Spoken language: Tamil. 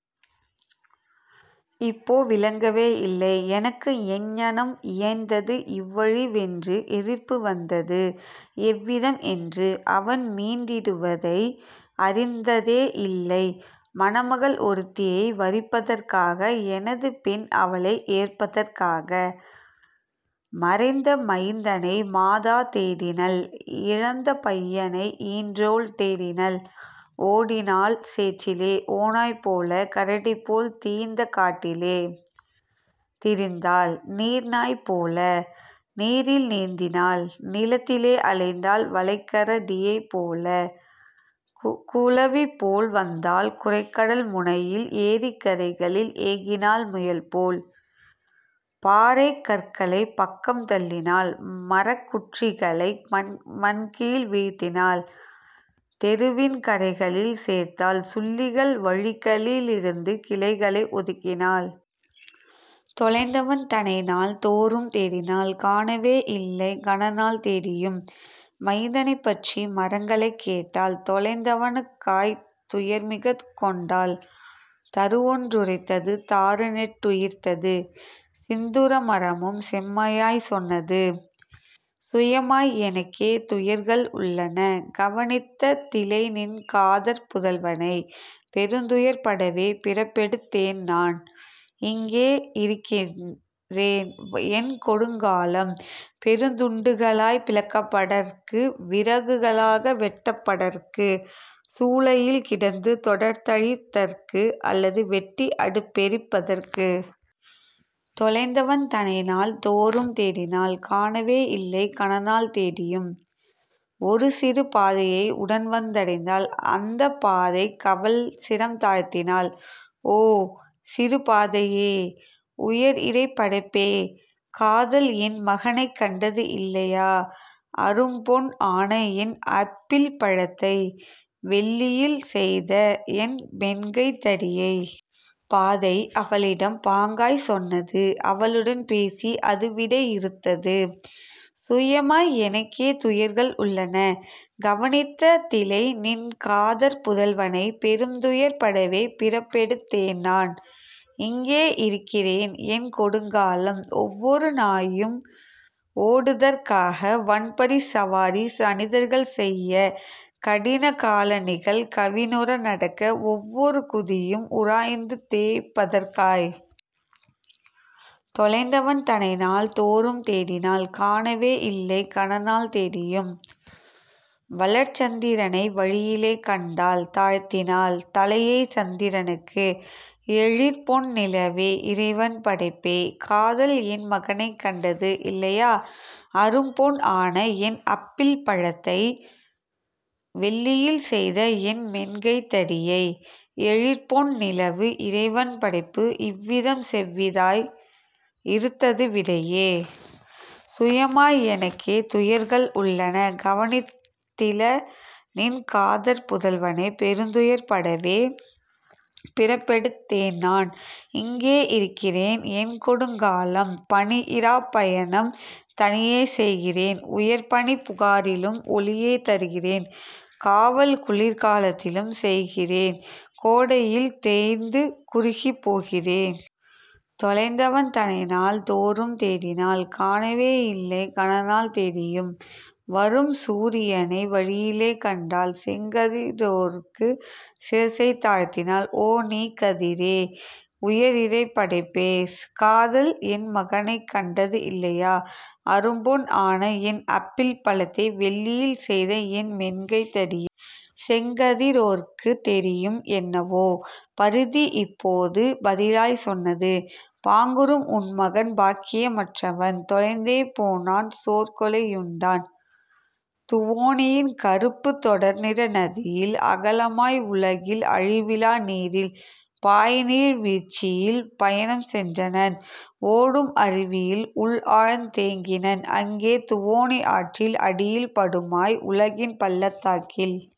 இப்போ விளங்கவே இல்லை எனக்கு எங்ஙனம் இயைந்தது இவ்வழி வென்று எதிர்ப்பு வந்தது எவ்விதம் என்று அவன்மீண் டிடுவதை அறிந்ததே யில்லை மணமகள் ஒருத்தியை வரிப்பதற் காக எனதுபெண் அவளை ஏற்பதற் காக. " மறைந்த மைந்தனை மாதா தேடினள் இழந்த பையனை ஈன்றோள் தேடினள் ஓடினாள் சேற்றிலே ஓநாய் போல கரடிபோல் தீய்ந்த காட்டிலே திரிந்தாள் நீர்நாய் போல நீரில் நீந்தினாள் நிலத்திலே அலைந்தாள் வளைக்கர டியைப்போல் குளவிபோல் வந்தாள் குரைகடல் முனையில் ஏரிக் கரைகளில் ஏகினாள் முயல்போல்; பாறைக் கற்களைப் பக்கம் தள்ளினாள் மரக்குற் றிகளை மண்கீழ் வீழ்த்தினாள் தெருவின் கரைகளில் சேர்த்தாள் சுள்ளிகள் வழிகளி லிருந்து கிளைகளை ஒதுக்கினாள். தொலைந்தவன் தனைநாள் தோறும் தேடினாள் காணவே யில்லை கனநாள் தேடியும் மைந்தனைப் பற்றி மரங்களைக் கேட்டாள் தொலைந்தவ னுக்காய்த் துயர்மிகத் கொண்டாள் தருவொன் றுரைத்தது தாருநெட் டுயிர்த்தது சிந்துர மரமும் செம்மையாய்ச் சொன்னது: "சுயமாய் எனக்கே துயர்கள் உள்ளன கவனித்த திலைநின் காதற் புதல்வனை பெருந்துயர் படவே பிறப்பெடுத் தேன்நான் இங்கே இருக்கிறேன் என்கொடுங் காலம் பெருந்துண் டுகளாய்ப் பிளக்கப் படற்கு விறகுக ளாக வெட்டப் படற்கு சூளையில் கிடந்து தொடர்தழி தற்கு அல்லது வெட்டி அடுப்பெரிப் பதற்கு. " தொலைந்தவன் தனைநாள் தோறும் தேடினாள் காணவே யில்லை கனநாள் தேடியும் ஒருசிறு பாதையை உடன்வந் தடைந்தாள் அந்தப் பாதைக் கவள்சிரம் தாழ்த்தினாள்: "ஓ, சிறு பாதையே, உயர்இறை படைப்பே! காதல்என் மகனைக் கண்டது இல்லையா, அரும்பொன் ஆனஎன் அப்பிள் பழத்தை, வெள்ளியில் செய்தஎன் மென்கைத் தடியை? " பாதை அவளிடம் பாங்காய்ச் சொன்னது அவளுடன் பேசி அதுவிடை யிறுத்தது: "சுயமாய் எனக்கே துயர்கள் உள்ளன கவனித்த திலைநின் காதற் புதல்வனை பெருந்துயர் படவே பிறப்பெடுத் தேன்நான் இங்கே இருக்கிறேன் என்கொடுங் காலம் ஒவ்வொரு நாயும் ஓடுதற் காக வன்பரிச் சவாரி மனிதர்கள் செய்ய கடினகா லணிகள் கவினுற நடக்க ஒவ்வொரு குதியும் உராய்ந்துதேய்ப் பதற்காய். " தொலைந்தவன் தனைநாள் தோறும் தேடினாள் காணவே யில்லை கனநாள் தேடியும் வளர்சந் திரனை வழியிலே கண்டாள் தாழ்த்தினாள் தலையைச் சந்திரனுக்கு: "எழிற்பொன் நிலவே, இறைவன் படைப்பே! காதல்என் மகனைக் கண்டது இல்லையா அரும்பொன் ஆனஎன் அப்பிள் பழத்தை வெள்ளியில் செய்தஎன் மென்கைத் தடியை? " எழிற்பொன் நிலவு இறைவன் படைப்பு இவ்விதம் செவ்விதாய் இறுத்தது விடையே: "சுயமாய் எனக்கே துயர்கள் உள்ளன கவனித்த திலைநின் காதற் புதல்வனை பெருந்துயர் படவே பிறப்பெடுத் தேன்நான் இங்கே இருக்கிறேன் என்கொடுங் காலம் பனிஇராப் பயணம் தனியே செய்கிறேன் உயர்பனிப் புகாரிலும் ஒளியைத் தருகிறேன் காவல் குளிர்கா லத்திலும் செய்கிறேன் கோடையில் தேய்ந்து குறுகிப் போகிறேன். " தொலைந்தவன் தனைநாள் தோறும் தேடினாள் காணவே யில்லை கனநாள் தேடியும் வரும்சூ ரியனை வழியிலே கண்டாள் செங்கதி ரோற்குச் சிரசைத் தாழ்த்தினாள்: "ஓ, நீ கதிரே, உயர்இறைப் படைப்பே! காதல்என் மகனைக் கண்டது இல்லையா அரும்பொன் ஆனஎன் அப்பிள் பழத்தை வெள்ளியில் செய்தஎன் மென்கைத் தடியை? " செங்கதி ரோற்குத் தெரியும் என்னவோ பரிதிஇப் போது பதிலாய்ச் சொன்னது: "பாங்குறும் உன்மகன் பாக்கிய மற்றவன் தொலைந்தே போனான் சோர்கொலை யுண்டான் துவோனியின் கறுப்புத் தொடர்நிற நதியில் அகலமாய் வுலகில் அழிவிலா நீரில் பாய்நீர் வீழ்ச்சியில் பயணம் சென்றனன் ஓடும் அருவியில் உள்ஆழ்ந் தேகினன் அங்கே துவோனி ஆற்றின் அடியில் படுமாய் வுலகின் பள்ளத் தாக்கில்.